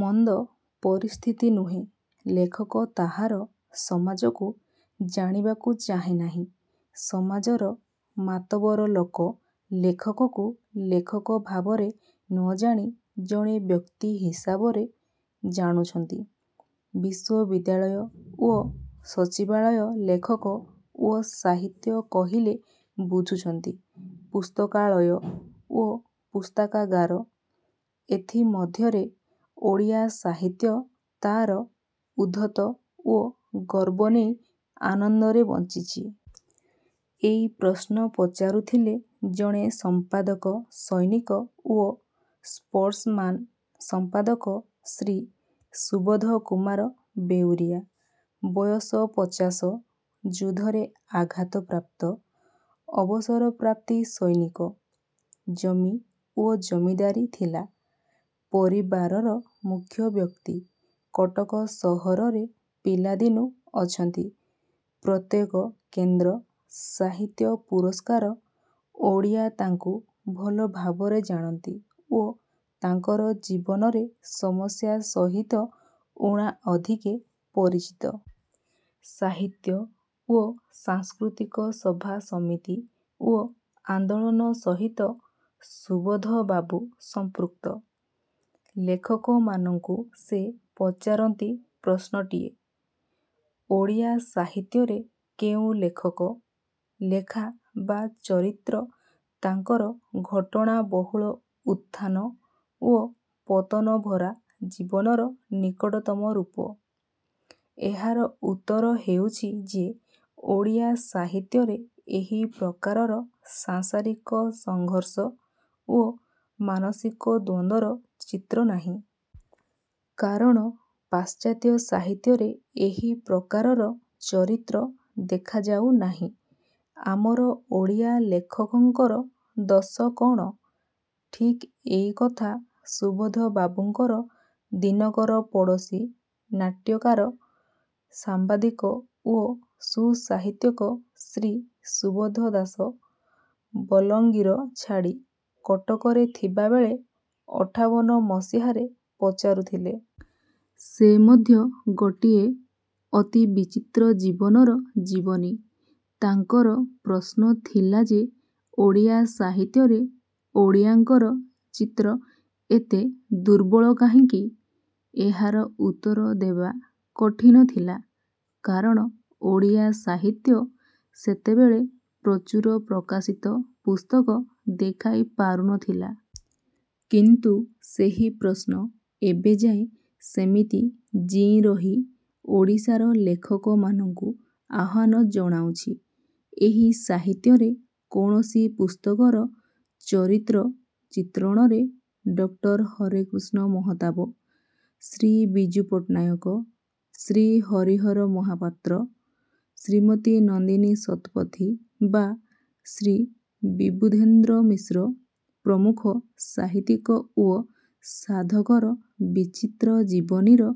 ମନ୍ଦ ପରିସ୍ଥିତି ନୁହେଁ। ଲେଖକ ତାହାର ସମାଜକୁ ଜାଣିବାକୁ ଚାହେଁ ନାହିଁ। ସମାଜର ମାତବର ଲୋକ ଲେଖକକୁ ଲେଖକ ଭାବରେ ନ ଜାଣି ଜଣେ ବ୍ୟକ୍ତି ହିସାବରେ ଜାଣୁଛନ୍ତି। ବିଶ୍ୱବିଦ୍ୟାଳୟ ଓ ସଚିବାଳୟ ଲେଖକ ଓ ସାହିତ୍ୟ କହିଲେ ବୁଝୁଛନ୍ତି ପୁସ୍ତକାଳୟ ଓ ପୁସ୍ତକାଗାର। ଏଥି ମଧ୍ୟରେ ଓଡ଼ିଆ ସାହିତ୍ୟ ତା'ର ଉଦ୍ଧତ ଓ ଗର୍ବ ନେଇ ଆନନ୍ଦରେ ବଞ୍ଚିଛି। ଏଇ ପ୍ରଶ୍ନ ପଚାରୁଥିଲେ ଜଣେ ସମ୍ପାଦକ ସୈନିକ ଓ ସ୍ପୋଟସମାନ୍ର ସମ୍ପାଦକ ଶ୍ରୀ ସୁବୋଧ କୁମାର ବେଉରିଆ। ବୟସ ପଚାଶ। ଯୁଦ୍ଧରେ ଆଘାତ ପ୍ରାପ୍ତ-ଅବସର ପ୍ରାପ୍ତି ସୈନିକ। ଜମି ଓ ଜମିଦାରୀ ଥିଲା। ପରିବାରର ମୁଖ୍ୟ ବ୍ୟକ୍ତି। କଟକ ସହରରେ ପିଲାଦିନୁ ଅଛନ୍ତି। ପ୍ରତ୍ୟେକ କେନ୍ଦ୍ର-ସାହିତ୍ୟ-ପୁରସ୍କୃତ ଓଡ଼ିଆ ତାଙ୍କୁ ଭଲ ଭାବରେ ଜାଣନ୍ତି ଓ ତାଙ୍କର ଜୀବନରେ ସମସ୍ୟା ସହିତ ଊଣା ଅଧିକେ ପରିଚିତ। ସାହିତ୍ୟ ଓ ସାଂସ୍କୃତିକ ସଭାସମିତି ଓ ଆନ୍ଦୋଳନ ସହିତ ସୁବୋଧବାବୁ ସମ୍ପୃକ୍ତ। ଲେଖକମାନଙ୍କୁ ସେ ପଚାରନ୍ତି ପ୍ରଶ୍ନଟିଏ-ଓଡ଼ିଆ ସାହିତ୍ୟରେ କେଉଁ ଲେଖକ, ଲେଖା ବା ଚରିତ୍ର ତାଙ୍କର ଘଟଣା ବହୁଳ ଉତ୍ଥାନ ଓ ପତନଭରା ଜୀବନର ନିକଟତମ ରୂପ? ଏହାର ଉତ୍ତର ହେଉଛି ଯେ ଓଡ଼ିଆ ସାହିତ୍ୟରେ ଏହିପ୍ରକାରର ସାଂସାରିକ ସଘର୍ଷ ଓ ମାନସିକ ଦ୍ୱନ୍ଦର ଚିତ୍ର ନାହିଁ। କାରଣ ପାଶ୍ଚାତ୍ୟ ସାହିତ୍ୟରେ ଏହି ପ୍ରକାରର ଚରିତ୍ର ଦେଖାଯାଉ ନାହିଁ। ଆମର ଓଡ଼ିଆ ଲେଖକଙ୍କର ଦୋଷ କ'ଣ? ଠିକ୍ ଏଇ କଥା ସୁବୋଧ ବାବୁଙ୍କର ଦିନକର ପଡ଼ୋଶୀ ନାଟ୍ୟକାର, ସମ୍ବାଦିକ ଓ ସୁସାହିତ୍ୟିକ ଶ୍ରୀ ସୁବୋଧ ଦାସ ବଲଙ୍ଗୀର ଛାଡ଼ି କଟକରେ ଥିଲାବେଳେ ଅଠାବନ ମସିହାରେ ପଚାରୁଥିଲେ। ସେ ମଧ୍ୟ ଗୋଟିଏ ଅତି ବିଚିତ୍ର ଜୀବନର ଜୀବନୀ। ତାଙ୍କର ପ୍ରଶ୍ନ ଥିଲା ଯେ ଓଡ଼ିଆ ସାହିତ୍ୟରେ ଓଡ଼ିଆଙ୍କର ଚିତ୍ର ଏତେ ଦୂର୍ବଳ କାହିଁକି? ଏହାର ଉତ୍ତର ଦେବା କଠିନ ଥିଲା। କାରଣ ଓଡ଼ିଆ ସାହିତ୍ୟ ସେତେବେଳେ ପ୍ରଚୁର ପ୍ରକାଶିତ ପୁସ୍ତକ ଦେଖାଇ ପାରୁ ନ ଥିଲା। କିନ୍ତୁ ସେହି ପ୍ରଶ୍ନ ଏବେଯାଏ ସେମିତି ଜୀଇଁରହି ଓଡ଼ିଶାର ଲେଖକମାନଙ୍କୁ ଆହ୍ୱାନ ଜଣାଉଛି। ଏହି ସାହିତ୍ୟରେ କୌଣସି ପୁସ୍ତକର ଚରିତ୍ର ଚିନ୍ତ୍ରଣରେ ଡକ୍ଟର ହରେକୃଷ୍ଣ ମହତାବ, ଶ୍ରୀ ବିଜୁ ପଟ୍ଟନାୟକ, ଶ୍ରୀ ହରିହର ମହାପାତ୍ର, ଶ୍ରୀମତୀ ନନ୍ଦିନୀ ଶତପଥୀ ବା ଶ୍ରୀ ବିବୁଧେନ୍ଦ୍ର ମିଶ୍ର ପ୍ରମୁଖ ସାହିତ୍ୟିକ ଓ ସାଧକର ବିଚିତ୍ର ଜୀବନୀର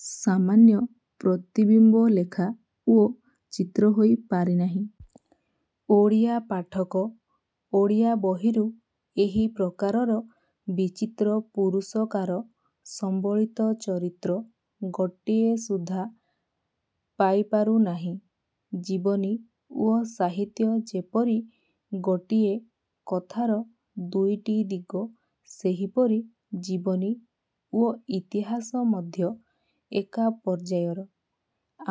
ସାମାନ୍ୟ ପ୍ରତିବିମ୍ବ ଲେଖା ଓ ଚିତ୍ର ହୋଇ ପାରି ନାହିଁ। ଓଡ଼ିଆ ପାଠକ ଓଡ଼ିଆ ବହିରୁ ଏହି ପ୍ରକାରର ବିଚିତ୍ର ପୁରୁଷକାର ସମ୍ବଳିତ ଚରିତ୍ର ଗୋଟିଏ ସୁଦ୍ଧା ପାଇପାରୁ ନାହିଁ। ଜୀବନୀ ଓ ସାହିତ୍ୟ ଯେପରି ଗୋଟିଏ କଥାର ଦୁଇଟି ଦିଗ ସେହିପରି ଜୀବନୀ ଓ ଇତିହାସ ମଧ୍ୟ ଏକା ପର୍ଯ୍ୟାୟର।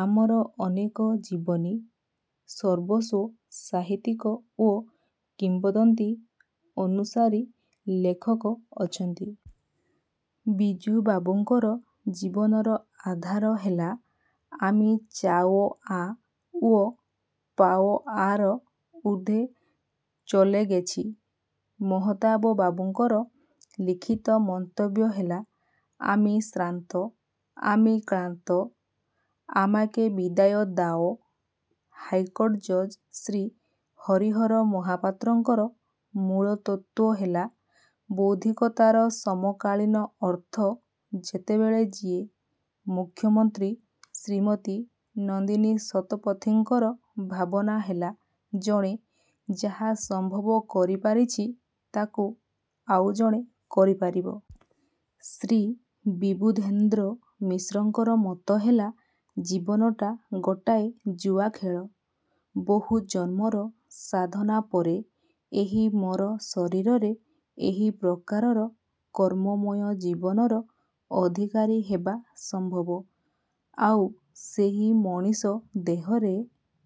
ଆମର ଅନେକ ଜୀବନୀ-ସର୍ବସ୍ୱ ସାହିତ୍ୟିକ ଓ କିମ୍ବଦନ୍ତୀ-ଅନୁସାରୀ ଲେଖକ ଅଛନ୍ତି। ବିଜୁବାବୁଙ୍କର ଜୀବନର ଆଧାର ହେଲା-ଆମି ଚାଓଆ ଓ ପାଓଆର ଊର୍ଦ୍ଧ୍ୱେ ଚଲେଗେଛି। ମହତାବବାବୁଙ୍କର ଲିଖିତ ମନ୍ତବ୍ୟ ହେଲା-ଆମି ଶ୍ରାନ୍ତ, ଆମି କ୍ଳାନ୍ତ, ଆମାକେ ବିଦାୟ ଦାଓ। ହାଇକୋଟ ଜଜ୍ ଶ୍ରୀ ହରିହର ମହାପାତ୍ରଙ୍କର ମୂଳତତ୍ତ୍ୱ ହେଲା-ବୌଦ୍ଧିକତାର ସମକାଳୀନ ଅର୍ଥ ଯେତେବେଳେ ଯିଏ। ମୁଖ୍ୟମନ୍ତ୍ରୀ ଶ୍ରୀମତୀ ନନ୍ଦିନୀ ଶତପଥୀଙ୍କର ଭାବନା ହେଲା-ଜଣେ ଯାହା ସମ୍ଭବ କରିପାରିଛି ତା'କୁ ଆଉ ଜଣେ କରିପାରିବ। ଶ୍ରୀ ବିବୁଧେନ୍ଦ୍ର ମିଶ୍ରଙ୍କର ମତ ହେଲା-ଜୀବନଟା ଗୋଟାଏ ଜୁଆଖେଳ। ବହୁ ଜନ୍ମର ସାଧନା ପରେ ଏହି ମର ଶରୀରରେ ଏହି ପ୍ରକାରର କର୍ମମୟ ଜୀବନର ଅଧିକାରୀ ହେବା ସମ୍ଭବ। ଆଉ ସେହି ମଣିଷ ଦେହରେ